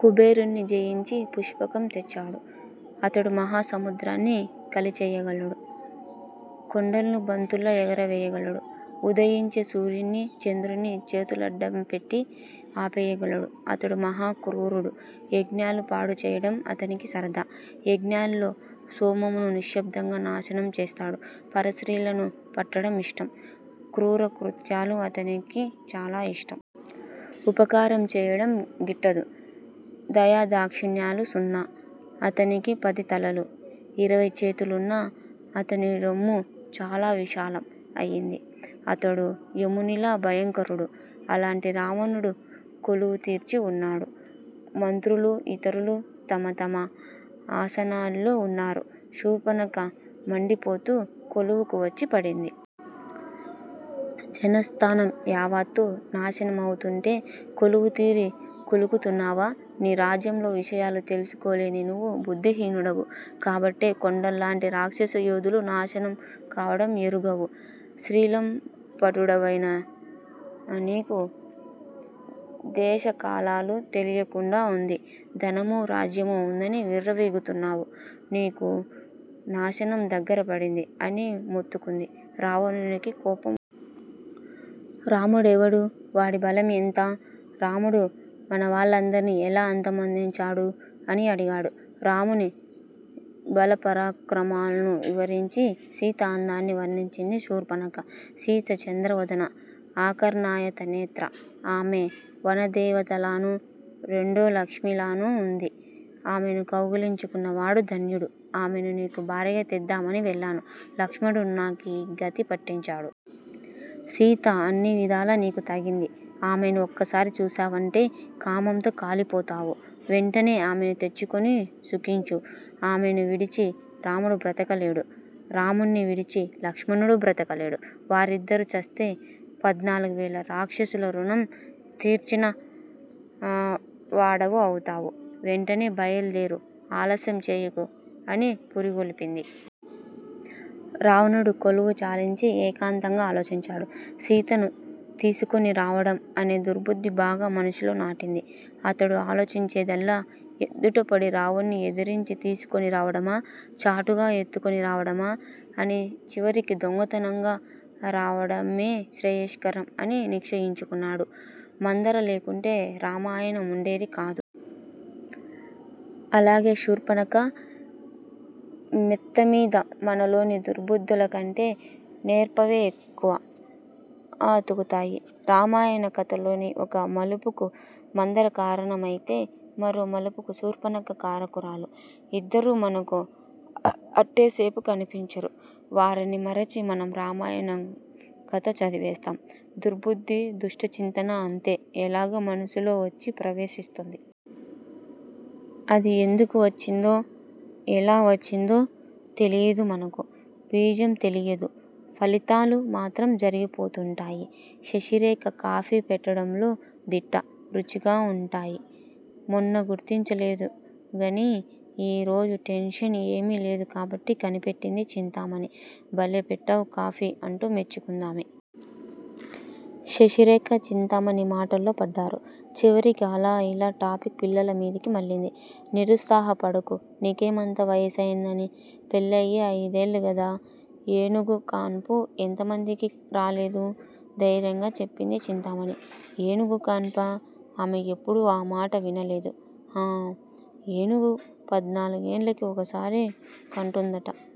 కుబేరుణ్ని జయించి పుష్పకం తెచ్చాడు. అతడు మహా సముద్రాన్ని కలిచెయ్యగలడు. కొండల్ను బంతుల్లా ఎగురవేయగలడు. ఉదయించే సూర్యుణ్ణీ, చంద్రుణ్ణి చేతులడ్డంపెట్టి ఆపేయగలడు. అతడు మహా క్రూరుడు. యజ్ఞాలు పాడుచేయడం అతనికి సరదా. యజ్ఞాల్లో సోమమును నిశ్శబ్దంగా నాశనం చేస్తాడు. పరస్త్రీలను పట్టడం ఇష్టం. క్రూరకృత్యాలు అతనికి చాల ఇష్టం. ఉపకారం చేయడం గిట్టదు. దయాదాక్షిణ్యాలు సున్నా. అతనికి పదితలలు, ఇరవై చేతులున్నా, అతని రొమ్ము చాల విశాలం అయింది. అతడు యమునిలా భయంకరుడు. అలాంటి రావణుడు కొలువు తీర్చి ఉన్నాడు. మంత్రులూ ఇతరులూ తమ తమ ఆసనాల్లో ఉన్నారు. శూర్పణఖ మండిపోతూ కొలువుకు వచ్చి పడింది. జనస్థానం యావత్తూ నాశనం అవుతుంటే కొలువుతీరి కులుకుతున్నావా? నీ రాజ్యంలో విషయాలు తెల్సుకోలేని నువ్వు బుద్దిహీనుడవు. కాబట్టే కొండల్లాంటి రాక్షసయోధులు నాశనం కావడం ఎరుగవు. స్త్రీలంపటుడవైన నీకు దేశకాలాలు తెలియకుండా ఉంది. ధనమూ, రాజ్యమూ ఉందని విర్రవీగుతున్నావు. నీకు నాశనం దగ్గరపడింది అని మొత్తుకుంది. రావణునికి కోపం. 'రాముడెవడు? వాడి బలం ఎంత? రాముడు మనవాళ్లనందర్నీ ఎలా అంతమొందించాడు? అని అడిగాడు. రాముని బలపరాక్రమాల్ను వివరించి సీత అందాన్ని వర్ణించింది శూర్పణఖ. సీత చంద్రవదన ఆకర్ణాయతనేత్ర. ఆమె వనదేవతలానూ, రెండోలక్ష్మిలానూ ఉంది. ఆమెను కౌగలించుకున్నవాడు ధన్యుడు. ఆమెను నీకు భార్యగా తెద్దామని వెళ్లాను. లక్ష్మణుడు నాకీ గతి పట్టించాడు. సీత అన్నివిధాలా నీకు తగింది. ఆమెను ఒక్కసారి చూశావంటే కామంతో కాలిపోతావు. వెంటనే ఆమెను తెచ్చుకొని సుఖించు. ఆమెను విడిచి రాముడు బ్రతకలేడు. రాముణ్ని విడిచి లక్ష్మణుడు బ్రతకలేడు. వారిద్దరూ చస్తే పధ్నాలుగు వేల రాక్షసుల ఋణం తీర్చినవాడవు అవుతావు. వెంటనే బయల్దేరు. ఆలస్యం చేయకు అని పురికొల్పింది. రావణుడు కొలువు చాలించి ఏకాంతంగా ఆలోచించాడు. సీతను తీసుకొని రావడం అనే దుర్భుద్ది బాగా మనసులో నాటింది. అతడు ఆలోచించేదల్లా ఎదుటపడి రాముణ్ని ఎదిరించి తీసుకొని రావడమా? చాటుగా ఎత్తుకొని రావడమా? అని చివరికి దొంగతనంగా రావడమే శ్రేయస్కరం అని నిశ్చయించుకున్నాడు. మంధరలేకుంటే రామాయణం ఉండేదికాదు. అలాగే శూర్పణఖా. మెత్తమీద మనలోని దుర్భుద్దులకంటె నేర్పేవే ఎక్కువ అతుకుతాయి. రామాయణ కథలోని ఒక మలుపుకు మంధర కారణం అయితే మరో మలుపుకు శూర్పణఖ కారకురాలు. ఇద్దరూ మనకు అట్టేసేపు కనిపించరు. వారిని మరిచి మనం రామాయణం కథ చదివేస్తాం. దుర్భుద్దీ, దుష్టచింతనా అంతే! ఎలాగో మనసులోవచ్చి ప్రవేశిస్తుంది. అది ఎందుకు వచ్చిందో ఎలా వచ్చిందో తెలియదు మనకు. బీజం తెలియదు ఫలితాలు మాత్రం జరిగిపోతుంటాయి. శశిరేఖ కాఫీ పెట్టడంలో దిట్ట. రుచిగా వుంటాయి. మొన్న గుర్తించలేదు గనీ ఈ రోజు టెన్షన్ ఏమీ లేదు కాబట్టి కనిపెట్టింది చింతామణి. భలే పెట్టావ్ కాఫీ అంటూ మెచ్చుకుందామె. శశిరేఖ- చింతామణి మాటల్లో పడ్డారు. చివరికి అలా ఇలా టాపిక్ పిల్లలమీదకి మళ్ళింది. నిరుత్సాహపడకు. మీకేమంత వయసైందని? పెళ్ళయి అయిదేళ్ళు కదా! ఏనుగుకాన్పు ఎంతమందికి రాలేదు ధైర్యంగా చెప్పింది చింతామణి. ఏనుగుకాన్పా? ఆమె ఎప్పుడూ ఆ మాట వినలేదు. ఆం! ఏనుగు పధ్నాలుగేళ్ళకి ఓకసారి కంటుందంట.